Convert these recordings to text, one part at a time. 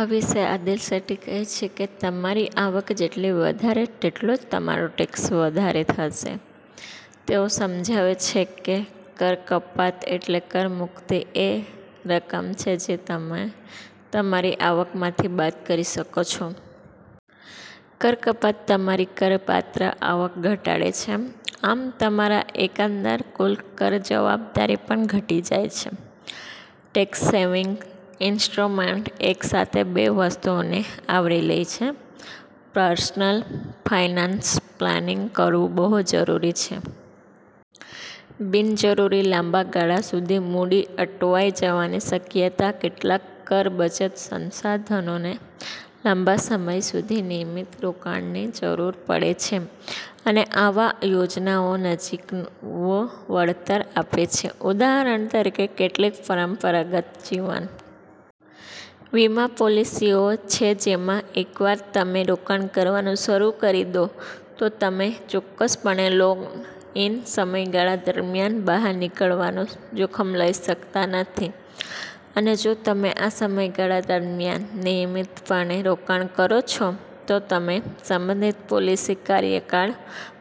આ વિશે આદિલ શેટ્ટી કહે છે કે તમારી આવક જેટલી વધારે તેટલો જ તમારો ટેક્સ વધારે હશે. તેઓ સમજાવે છે કે, કર કપાત એટલે કર મુક્તિ એ રકમ છે જે તમે તમારી આવકમાંથી બાદ કરી શકો છો. કર કપાત તમારી કર પાત્ર આવક ઘટાડે છે. આમ, તમારો એકંદર કુલ કર જવાબદારી પણ ઘટી જાય છે. ટેક્સ સેવિંગ ઇન્સ્ટ્રુમેન્ટ એકસાથે બે વસ્તુઓને આવરી લે છે. પર્સનલ ફાઇનાન્સ પ્લાનિંગ કરવું બહુ જરૂરી છે. બિન જરૂરી લાંબા ગાળા સુધી મૂડી અટવાઇ જવાની શક્યતા કેટલાક કર બચત સંશાધનોને લાંબા સમય સુધી નિયમિત રોકાણની જરૂર પડે છે અને આવી યોજનાઓ નજીવુંં વળતર આપે છે. ઉદાહરણ તરીકે, કેટલીક પરંપરાગત જીવન વીમા પૉલિસીઓ છે જેમાં એકવાર તમે રોકાણ કરવાનું શરૂ કરી દો, તો તમે ચોક્કસપણે લૉક-ઇન સમયગાળા દરમિયાન બહાર નીકળવાનું જોખમ લઈ શકતા નથી અને જો તમે આ સમયગાળા દરમિયાન નિયમિતપણે રોકાણ કરો છો, તો તમે સંબંધિત પોલિસી કાર્યકાળ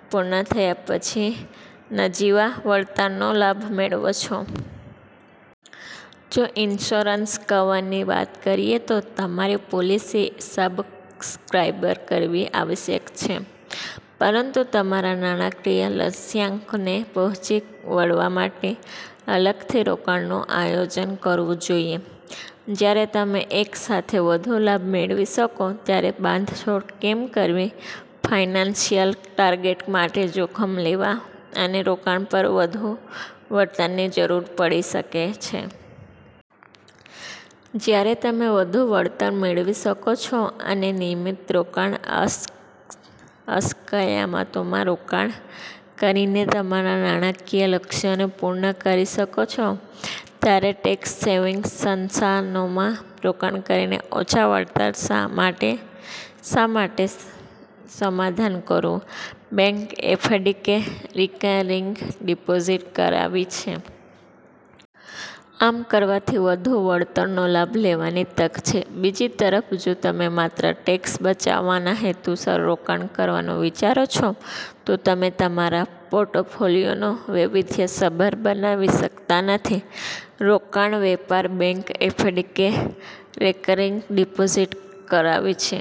પૂર્ણ થયા પછી નજીવા વળતરનો લાભ મેળવો છો. જો ઇન્સ્યોરન્સ કવરની વાત કરીયે તો તમારે પોલિસી સબસ્ક્રાઇબ કરવી આવશ્યક છે. પરંતુ તમારા નાણાકીય લક્ષ્યાંકને પહોંચી વળવા માટે અલગથી રોકાણનું આયોજન કરવું જોઈએ. જ્યારે તમે એક સાથે વધુ લાભ મેળવી શકો ત્યારે બાંધછોડ કેમ કરવી, ફાઇનાન્સિયલ ટાર્ગેટ માટે જોખમ લેવા અને રોકાણ પર વધુ વળતરની જરૂર પડી શકે છે. જ્યારે તમે વધુ વળતર મેળવી શકો છો અને નિયમિત રોકાણ અસ્કયામતોમાં રોકાણ કરીને તમારા નાણાકીય લક્ષ્યોને પૂર્ણ કરી શકો છો ત્યારે ટેક્સ-સેવિંગ સંશાનોમાં રોકાણ કરીને ઓછા વળતર માટે શા માટે સમાધાન કરવું? બેંક એફડી કે રિકરિંગ ડિપોઝિટ કરાવી છે? આમ કરવાથી વધુ વળતરનો લાભ લેવાની તક છે. બીજી તરફ, જો તમે માત્ર ટેક્સ બચાવવાના હેતુસર રોકાણ કરવાનું વિચારો છો, તો તમે તમારા પોર્ટફોલિયોને વૈવિધ્યસભર બનાવી શકતા નથી. રોકાણવેપાર બેંક એફડી કે રિકરિંગ ડિપોઝિટ કરાવી છે?